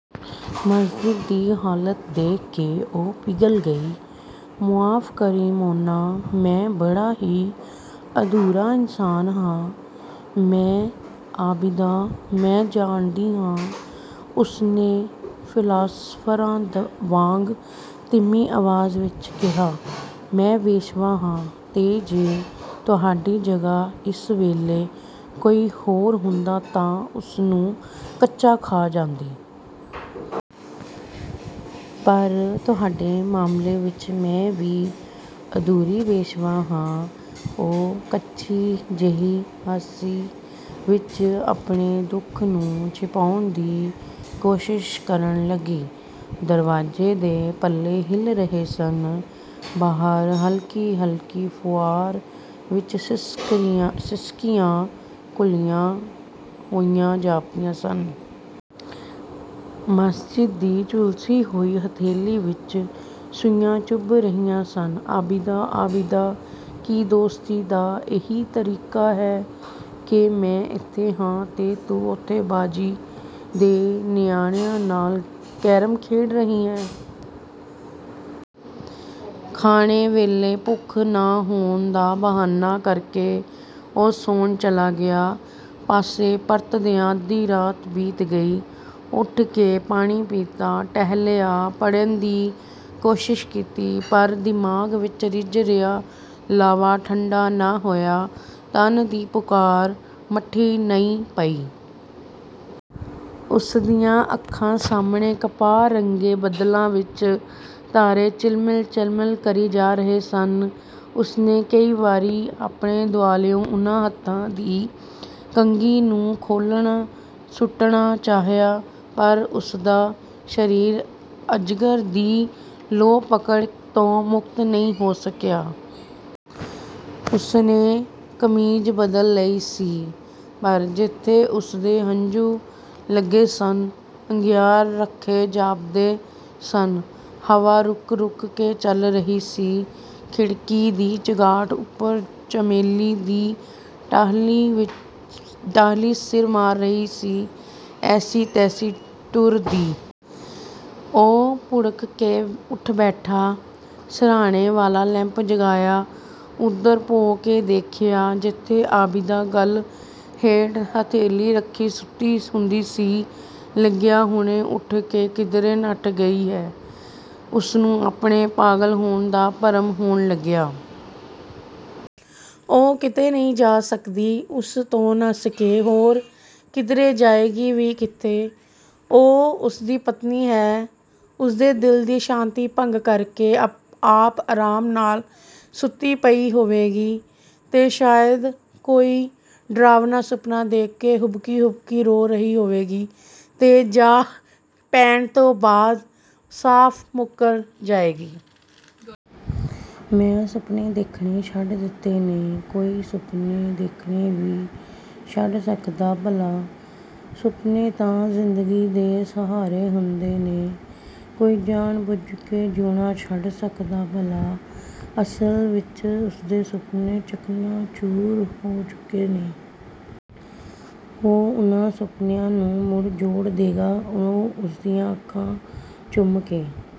ਮਾਜਿਦ ਦੀ ਹਾਲਤ ਦੇਖ ਕੇ ਉਹ ਪਿਘਲ ਗਈ। "ਮੁਆਫ਼ ਕਰੀਂ ਮੋਨਾ ਮੈਂ ਬੜਾ ਹੀ ਅਧੂਰਾ ਇਨਸਾਨ ਹਾਂ। ਮੈਂ ਆਬਿਦਾ" "ਮੈਂ ਜਾਣਦੀ ਹਾਂ।" ਉਸਨੇ ਫ਼ਿਲਾਸਫ਼ਰਾਂ ਵਾਂਗ ਧੀਮੀ ਆਵਾਜ਼ ਵਿੱਚ ਕਿਹਾ, "ਮੈਂ ਵੇਸ਼ਵਾ ਹਾਂ ਤੇ ਜੇ ਤੁਹਾਡੀ ਜਗ੍ਹਾ ਇਸ ਵੇਲੇ ਹੋਰ ਕੋਈ ਹੁੰਦਾ ਤਾਂ ਉਸਨੂੰ ਕੱਚਾ ਖਾ ਜਾਂਦੀ। ਪਰ ਤੁਹਾਡੇ ਮਾਮਲੇ ਵਿੱਚ ਮੈਂ ਵੀ ਅਧੂਰੀ ਵੇਸ਼ਵਾ ਹਾਂ।" ਉਹ ਕੱਚੀ ਜਿਹੀ ਹਾਸੀ ਵਿੱਚ ਆਪਣੇ ਦੁੱਖ ਨੂੰ ਛਿਪਾਉਣ ਦੀ ਕੋਸ਼ਿਸ਼ ਕਰਨ ਲੱਗੀ। ਦਰਵਾਜ਼ੇ ਦੇ ਪੱਲੇ ਹਿੱਲ ਰਹੇ ਸਨ, ਬਾਹਰ ਹਲਕੀ-ਹਲਕੀ ਫੁਆਰ ਵਿੱਚ ਸਿਸਕੀਆਂ ਘੁਲੀਆਂ ਹੋਈਆਂ ਜਾਪਦੀਆਂ ਸਨ। ਮਾਜਿਦ ਦੀ ਝੁਲਸੀ ਹੋਈ ਹਥੇਲੀ ਵਿੱਚ ਸੂਈਆਂ ਚੁਭ ਰਹੀਆਂ ਸਨ। 'ਆਬਿਦਾ, ਆਬਿਦਾ ਕੀ ਦੋਸਤੀ ਦਾ ਇਹੀ ਤਰੀਕਾ ਹੈ ਕਿ ਮੈਂ ਇੱਥੇ ਹਾਂ ਤੇ ਤੂੰ ਉੱਥੇ ਬਾਜੀ ਦੇ ਨਿਆਣਿਆਂ ਨਾਲ ਕੈਰਮ ਖੇਡ ਰਹੀ ਹੈਂ।' ਖਾਣੇ ਵੇਲੇ ਭੁੱਖ ਨਾ ਹੋਣ ਦਾ ਬਹਾਨਾ ਕਰਕੇ ਉਹ ਸੌਣ ਚਲਾ ਗਿਆ। ਪਾਸੇ ਪਰਤਦਿਆਂ ਅੱਧੀ ਰਾਤ ਬੀਤ ਗਈ। ਉੱਠ ਕੇ ਪਾਣੀ ਪੀਤਾ। ਟਹਿਲਿਆ, ਪੜ੍ਹਨ ਦੀ ਕੋਸ਼ਿਸ਼ ਕੀਤੀ ਪਰ ਦਿਮਾਗ਼ ਵਿੱਚ ਰਿੱਝ ਰਿਹਾ ਲਾਵਾ ਠੰਡਾ ਨਾ ਹੋਇਆ; ਤਨ ਦੀ ਪੁਕਾਰ ਮੱਠੀ ਨਹੀਂ ਪਈ। ਉਸਦੀਆਂ ਅੱਖਾਂ ਸਾਹਮਣੇ ਕਪਾਹ ਰੰਗੇ ਬੱਦਲਾਂ ਵਿੱਚ ਤਾਰੇ ਝਿਲਮਿਲ-ਝਿਲਮਿਲ ਕਰੀ ਜਾ ਰਹੇ ਸਨ। ਉਸਨੇ ਕਈ ਵਾਰੀ ਆਪਣੇ ਦੁਆਲਿਓਂ ਉਹਨਾਂ ਹੱਥਾਂ ਦੀ ਕੰਘੀ ਨੂੰ ਖੋਹਲ ਸੁੱਟਣਾ ਚਾਹਿਆ, ਪਰ ਉਸਦਾ ਸਰੀਰ ਅਜਗਰ ਦੀ ਲੋਹ-ਪਕੜ ਤੋਂ ਮੁਕਤ ਨਹੀਂ ਹੋ ਸਕਿਆ। ਉਸਨੇ ਕਮੀਜ਼ ਬਦਲ ਲਈ ਸੀ ਪਰ ਜਿੱਥੇ ਉਸਦੇ ਹੰਝੂ ਲੱਗੇ ਸਨ, ਅੰਗਿਆਰ ਰੱਖੇ ਜਾਪਦੇ ਸਨ। ਹਵਾ ਰੁਕ-ਰੁਕ ਕੇ ਚੱਲ ਰਹੀ ਸੀ, ਖਿੜਕੀ ਦੀ ਚੁਗਾਠ ਉੱਪਰ ਚਮੇਲੀ ਦੀ ਟਾਹਨੀ ਸਿਰ ਮਾਰ ਰਹੀ ਸੀ। "ਐਸੀ-ਤੈਸੀ ਟੂਰ ਦੀ!" ਉਹ ਭੁੜਕ ਕੇ ਉੱਠ ਬੈਠਾ। ਸਿਰਹਾਣੇ ਵਾਲਾ ਲੈਂਪ ਜਗਾਇਆ। ਉੱਧਰ ਭੌਂ ਕੇ ਦੇਖਿਆ, ਜਿੱਥੇ ਆਬਿਦਾ ਗੱਲ੍ਹ ਹੇਠ ਹਥੇਲੀ ਰੱਖੀ ਸੁੱਤੀ ਹੁੰਦੀ ਸੀ। ਲੱਗਿਆ, ਹੁਣੇ ਉੱਠ ਕੇ ਕਿਧਰੇ ਨੱਠ ਗਈ ਹੈ! ਉਸਨੂੰ ਆਪਣੇ ਪਾਗਲ ਹੋਣ ਦਾ ਭਰਮ ਹੋਣ ਲੱਗਿਆ। ਉਹ ਕਿਤੇ ਨਹੀਂ ਜਾ ਸਕਦੀ। ਉਸ ਤੋਂ ਨੱਸ ਕੇ ਹੋਰ ਕਿਧਰੇ ਜਾਏਗੀ ਵੀ ਕਿੱਥੇ? ਉਹ ਉਸਦੀ ਪਤਨੀ ਹੈ। ਉਸਦੇ ਦਿਲ ਦੀ ਸ਼ਾਂਤੀ ਭੰਗ ਕਰਕੇ ਆਪ ਆਰਾਮ ਨਾਲ ਸੁੱਤੀ ਪਈ ਹੋਵੇਗੀ, ਤੇ ਸ਼ਾਇਦ ਕੋਈ ਡਰਾਵਨਾ ਸੁਪਨਾ ਦੇਖ ਕੇ ਹੁਬਕੀਂ-ਹੁਬਕੀ ਰੋ ਰਹੀ ਹੋਵੇਗੀ, ਤੇ ਜਾਗ ਪੈਣ ਤੋਂ ਬਾਅਦ ਸਾਫ਼ ਮੁੱਕਰ ਜਾਏਗੀ। 'ਮੈਂ ਸੁਪਨੇ ਦੇਖਣੇ ਛੱਡ ਦਿੱਤੇ ਨੇ।' ਕੋਈ ਸੁਪਨੇ ਦੇਖਣੇ ਵੀ ਛੱਡ ਸਕਦਾ ਭਲਾ? ਸੁਪਨੇ ਤਾਂ ਜ਼ਿੰਦਗੀ ਦੇ ਸਹਾਰੇ ਹੁੰਦੇ ਨੇ। ਕੋਈ ਜਾਣ-ਬੁੱਝ ਕੇ ਜਿਊਣਾ ਛੱਡ ਸਕਦਾ ਭਲਾ? ਅਸਲ ਵਿੱਚ ਉਸਦੇ ਸੁਪਨੇ ਚਕਨਾ-ਚੂਰ ਹੋ ਚੁੱਕੇ ਨੇ। ਉਹ ਉਹਨਾਂ ਸੁਪਨਿਆਂ ਨੂੰ ਮੁੜ ਜੋੜ ਦੇਗਾ। ਉਹ ਉਸਦੀਆਂ ਅੱਖਾਂ ਚੁੰਮ ਕੇ